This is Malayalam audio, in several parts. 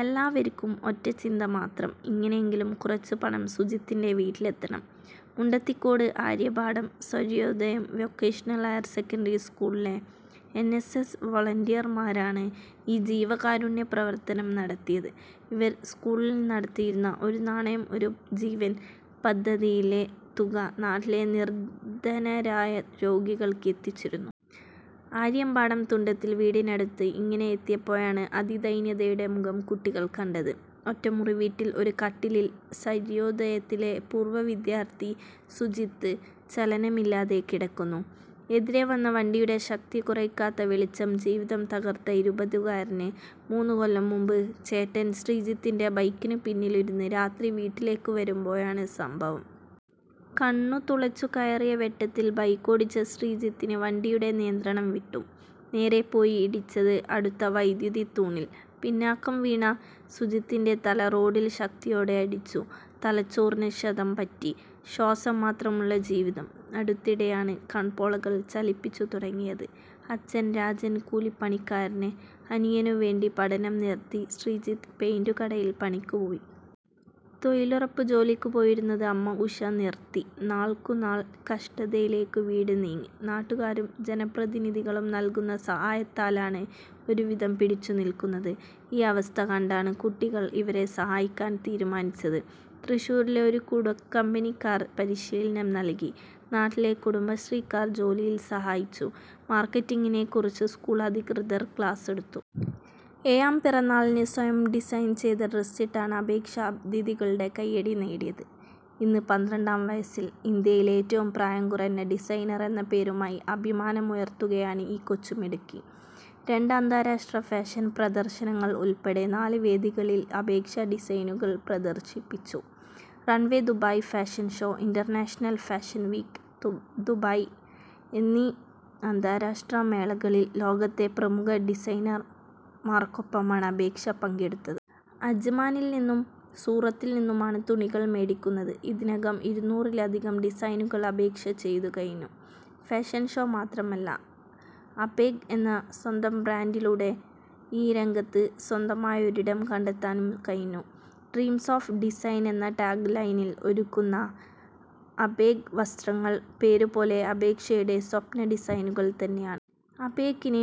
എല്ലാവര്ക്കും ഒറ്റച്ചിന്തമാത്രം ഇങ്ങനെയെങ്കിലും കുറച്ചുപണം സുജിത്തിന്റെ വീട്ടിലെത്തണം. Mundathikode Aryampadam Sarvodayam vocational higher secondary സ്കൂളിലെ എന്. എസ്. എസ്. വൊളന്റിയര്മാരാണ് ഈ ജീവകാരുണ്യപ്രവര്ത്തനം നടത്തിയത്. ഇവര് സ്കൂളില് നടത്തിയിരുന്ന 'ഒരു നാണയം ഒരു ജീവന്' പദ്ധതിയിലെ തുക നാട്ടിലെ നിര്ധനരായ രോഗികള്ക്ക് എത്തിച്ചിരുന്നു. ആര്യമ്പാടം തുണ്ടത്തില് വീടിനടുത്ത് ഇങ്ങനെ എത്തിയപ്പോഴാണ് അതിദൈന്യതയുടെ മുഖം കുട്ടികള് കണ്ടത്. ഒറ്റമുറിവീട്ടില് ഒരു കട്ടിലില് സര്വോദയത്തിലെ പൂര്വവിദ്യാര്ഥി സുജിത്ത് ചലനമില്ലാതെ കിടക്കുന്നു. എതിരേ വന്ന വണ്ടിയുടെ ശക്തി കുറയ്ക്കാത്ത വെളിച്ചം ജീവിതം തകര്ത്ത ഇരുപതുകാരന്. മൂന്നുകൊല്ലംമുമ്പ് ചേട്ടന് ശ്രീജിത്തിന്റെ ബൈക്കിനു പിന്നിലിരുന്ന് രാത്രി വീട്ടിലേക്കു വരുമ്പോഴാണ് സംഭവം. കണ്ണുതുളച്ചുകയറിയ വെട്ടത്തില്, ബൈക്കോടിച്ച ശ്രീജിത്തിന് വണ്ടിയുടെ നിയന്ത്രണംവിട്ടു. നേരെ പോയി ഇടിച്ചത് അടുത്ത വൈദ്യുതിത്തൂണില്. പിന്നാക്കം വീണ സുജിത്തിന്റെ തല റോഡില് ശക്തിയോടെ അടിച്ചു. തലച്ചോറിന് ക്ഷതം പറ്റി. ശ്വാസംമാത്രമുള്ള ജീവിതം. അടുത്തിടെയാണ് കണ്പോളകള് ചലിപ്പിച്ചുതുടങ്ങിയത്. അച്ഛന് രാജന് കൂലിപ്പണിക്കാരന്. അനിയനുവേണ്ടി പഠനം നിര്ത്തി ശ്രീജിത്ത് പെയിന്റുകടയില് പണിക്കുപോയി. തൊഴിലുറപ്പുജോലിക്കു പോയിരുന്നത് അമ്മ ഉഷ നിര്ത്തി. നാള്ക്കുനാള് കഷ്ടതയിലേക്കു വീട് നീങ്ങി. നാട്ടുകാരും ജനപ്രതിനിധികളും നല്കുന്ന സഹായത്താലാണ് ഒരുവിധം പിടിച്ചുനില്ക്കുന്നത്. ഈ അവസ്ഥ കണ്ടാണ് കുട്ടികള് ഇവരെ സഹായിക്കാന് തീരുമാനിച്ചത്. തൃശ്ശൂരിലെ ഒരു കുടക്കമ്പനിക്കാര് പരിശീലനം നല്കി. നാട്ടിലെ കുടുംബശ്രീക്കാര് ജോലിയില് സഹായിച്ചു. മാര്ക്കറ്റിങ്ങിനെക്കുറിച്ച് സ്കൂള് അധികൃതര് ക്ലാസെടുത്തു. ഏഴാം പിറന്നാളിന് സ്വയം ഡിസൈൻ ചെയ്ത ഡ്രസ്സിട്ടാണ് അപേക്ഷ അതിഥികളുടെ കൈയടി നേടിയത്. ഇന്ന് പന്ത്രണ്ടാംവയസ്സിൽ ഇന്ത്യയിലെ ഏറ്റവും പ്രായം കുറഞ്ഞ ഡിസൈനറെന്ന പേരുമായി അഭിമാനമുയർത്തുകയാണ് ഈ കൊച്ചു മിടുക്കി. രണ്ട് അന്താരാഷ്ട്ര ഫാഷൻ പ്രദർശനങ്ങൾ ഉൾപ്പെടെ നാല് വേദികളിൽ അപേക്ഷ ഡിസൈനുകൾ പ്രദർശിപ്പിച്ചു. Runway Dubai fashion show, international fashion week Dubai എന്നീ അന്താരാഷ്ട്ര മേളകളിൽ ലോകത്തെ പ്രമുഖ ഡിസൈനർമാർക്കൊപ്പമാണ് അപേക്ഷ പങ്കെടുത്തത്. അജ്മാനിൽ നിന്നും സൂറത്തിൽ നിന്നുമാണ് തുണികൾ മേടിക്കുന്നത്. ഇതിനകം ഇരുനൂറിലധികം ഡിസൈനുകൾ അപേക്ഷ ചെയ്തുകഴിഞ്ഞു. ഫാഷൻ ഷോ മാത്രമല്ല 'അപേക്' എന്ന സ്വന്തം ബ്രാൻഡിലൂടെ ഈ രംഗത്ത് സ്വന്തമായൊരിടം കണ്ടെത്താനും കഴിഞ്ഞു. ഡ്രീംസ് ഓഫ് ഡിസൈൻ എന്ന ടാഗ് ലൈനിൽ ഒരുക്കുന്ന അപേക് വസ്ത്രങ്ങൾ പേരുപോലെ അപേക്ഷയുടെ സ്വപ്ന ഡിസൈനുകൾ തന്നെയാണ്. അപേകിന്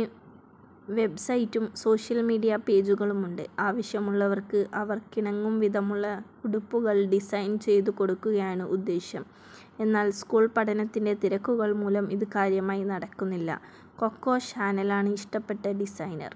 വെബ്സൈറ്റും സോഷ്യൽ മീഡിയ പേജുകളുമുണ്ട്. ആവശ്യമുള്ളവർക്ക് അവർക്കിണങ്ങും വിധമുള്ള ഉടുപ്പുകൾ ഡിസൈൻ ചെയ്തു കൊടുക്കുകയാണ് ഉദ്ദേശ്യം. എന്നാൽ സ്കൂൾ പഠനത്തിന്റെ തിരക്കുകൾ മൂലം ഇത് കാര്യമായി നടക്കുന്നില്ല. കൊക്കോ ഷാനലാണ് ഇഷ്ടപ്പെട്ട ഡിസൈനർ.